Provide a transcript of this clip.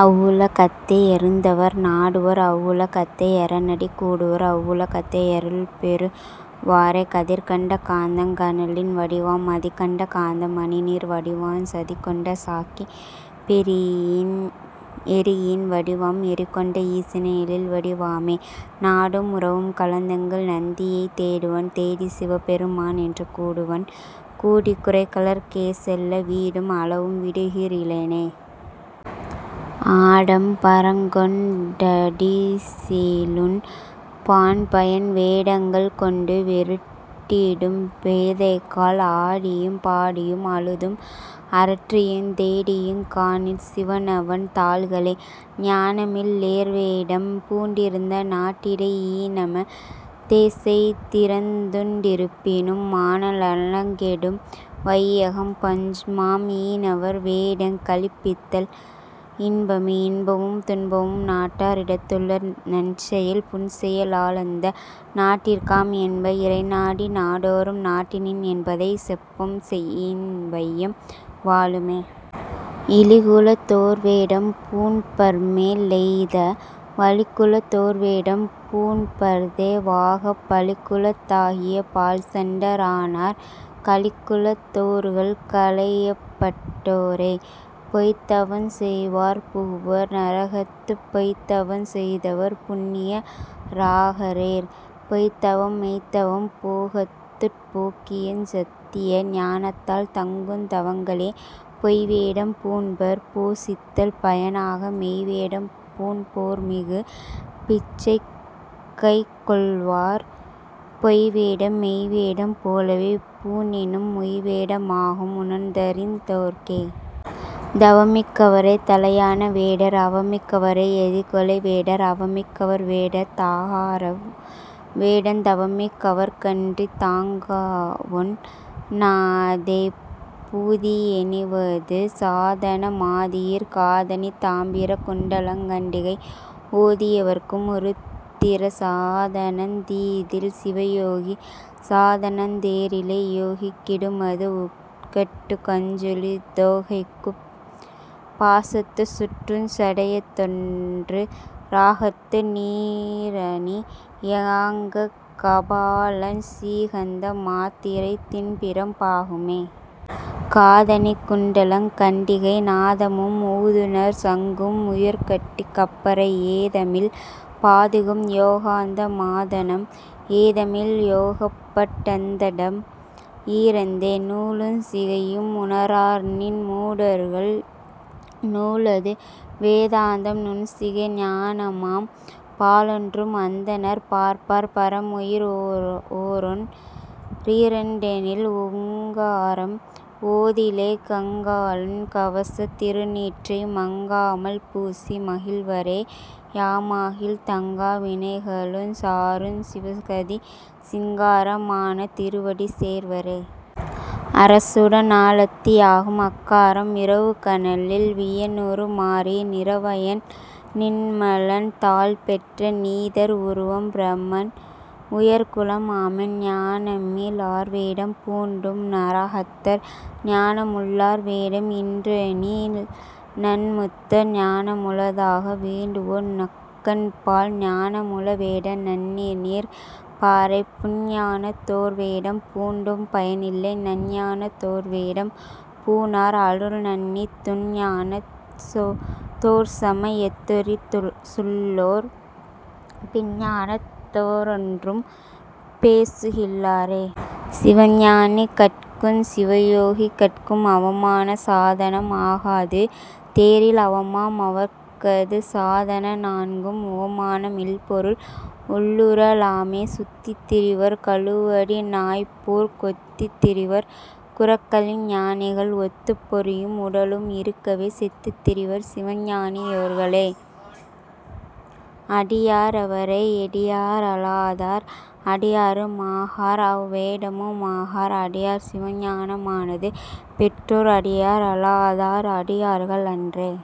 அவ்வுல கத்தே யருந்தவர் நாடுவர் அவ்வுல கத்தே யரனடி கூடுவர் அவ்வுல கத்தே யருள்பெறு வாரே. கதிர்கண்ட காந்தங் கனலின் வடிவாம் மதிகண்ட காந்தம் மணிநீர் வடிவாஞ் சதிகொண்ட சாக்கி யெரியின் வடிவாம் எரிகொண்ட ஈசன் எழில்வடி வாமே. நாடும் உறவும் கலந்தெங்கள் நந்தியைத் தேடுவன் தேடிச் சிவபெரு மான்என்று கூடுவன் கூடிக் குரைகழற் கேசெல்ல வீடும் அளவும் விடுகின் றிலெனே. ஆடம் பரங்கொண் டடிசிலுண் பான்பயன் வேடங்கள் கொண்டு வெருட்டிடும் பேதைகாள் ஆடியும் பாடியும் அழுதும் அரற்றியுந் தேடியுங் காணீர் சிவனவன் தாள்களே. ஞானமில் லேர்வேடம் பூண்டிருந்த நாட்டிடை ஈனம தேசெய் திரந்துண் டிருப்பினும் மான நலங்கெடும் வையகம் பஞ்ச்மாம் ஈனவர் வேடங் கழிப்பித்தல் இன்பமே. இன்பமும் துன்பமும் நாட்டா ரிடத்துள்ள நன்செயல் புன்செய லாலந்த நாட்டிற்காம் என்ப இறைநாடி நாடோறும் நாட்டினின் மன்பதை செப்பம் செயின்வையம் வாழுமே. இழிகுலத் தோர்வேடம் பூண்பர்மே லெய்த வழிகுலத் தோர்வேடம் பூண்பர்தே வாகப் பழிகுலத் தாகிய பாழ்சண்ட ரானார் கழிகுலத் தோர்கள் களையப்பட் டோரே. பொய்த்தவஞ் செய்வார் புகுவர் நரகத்துப் பொய்த்தவஞ் செய்தவர் புண்ணிய ராகாரேற் பொய்த்தவம்மெய்த்தவம் போகத்துட்போக்கியஞ் சத்திய ஞானத்தால் தங்குந் தவங்களே. பொய்வேடம் பூண்பர் போசித்தல் பயனாக மெய்வேடம் பூண்போர்மிகு பிச்சைகைக்கொள்வார் பொய்வேடம் மெய்வேடம் போலவே பூணினும் உய்வேட மாகும் உணர்ந்தறிந் தோர்க்கே. தவமிக் கவரே தலையான வேடர் அவமிக் கவரே யதிகொலை வேடர் அவமிக் கவர்வேடத் தாகாரவ் வேடந் தவமிக் கவர்க்கன்றித் தாங்கவொண் ணாதே. பூதி யணிவது சாதன மாதியிற் காதணி தாம்பிர குண்டலங் கண்டிகை ஓதி யவர்க்கும் உருத்திர சாதனந் தீதில் சிவயோகி சாதனந் தேரிலே. யோகிக் கிடுமது வுட்கட்டுக் கஞ்சுளி தோகைக்குப் பாசத்துச் சுற்றுஞ் சடையதொன்று றாகத்து நீறனி யாங்கக் கபாலஞ் சீகந்த மாத்திரை தின்பிரம் பாகுமே. காதணி குண்டலங் கண்டிகை நாதமும் ஊதுநற் சங்கும் உயர்கட்டி கப்பரை ஏதமில் பாதுகம் யோகாந்த மாதனம் ஏதமில் யோகபட் டந்தண்டம் ஈரைந்தே. நூலுஞ் சிகையும் உணரார்நின் மூடர்கள் நூலது வேதாந்தம் நுண்சிகை ஞானமாம் பாலொன்றும் அந்தணர் பார்ப்பார் பரமுயிர் ஓரொன் றிரண்டெனில் ஓங்காரம் ஓதிலே. கங்காளன் கவசத் திருநீற்றை மங்காமல் பூசி மகிழ்வரே யாமாகில் தங்கா வினைகளுஞ் சாருஞ் சிவகதி சிங்கார மான திருவடி சேர்வரே. அரசுட னாலத்தி யாகும்அக் காரம் விரவுகனலில் வியனுரு மாறி நிரவயன் நின்மலன் தாள்பெற்ற நீதர் உருவம் பிரமன் உயர்குலம் ஆமே. ஞானமி லார்வேடம் பூண்டும் நரகத்தர் ஞானமுள்ளார்வேடம்இன்றெனில்நன்முத்தர் ஞானமுளதாக வேண்டுவோர் நக்கன்பால் ஞானமுள வேட நண்ணிநிற் பாரே. புன்ஞானத் தோர்வேடம் பூண்டும் பயனில்லை நன்ஞானத்தோர்வேடம் பூணார் அருள்நண்ணித் துன்ஞானத் தோர்சம யத்துரி சுள்ளோர் பின்ஞானத் தோரொன்றும் பேசுகில்லாரே. சிவஞானி கட்குஞ் சிவயோகி கட்கும் அவமான சாதனம் ஆகாது தேரில் அவமா மவர்க்கது சாதன நான்கும் உவமான மில்பொருள் உள்ளுற லாமே. சுத்தித் திரிவர் கழுவடி நாய்போற் கொத்தித் திரிவர் குரக்களி ஞானிகள் ஒத்துப் பொறியும் உடலும் இருக்கவே செத்துத் திரிவர் சிவஞானி யோர்களே. அடியா ரவரே யடியா ரலாதார் அடியாரு மாகார்அவ் வேடமு மாகார் அடியார் சிவஞான மானது பெற்றோர் அடியா ரலாதார் அடியார்கள் அன்றே.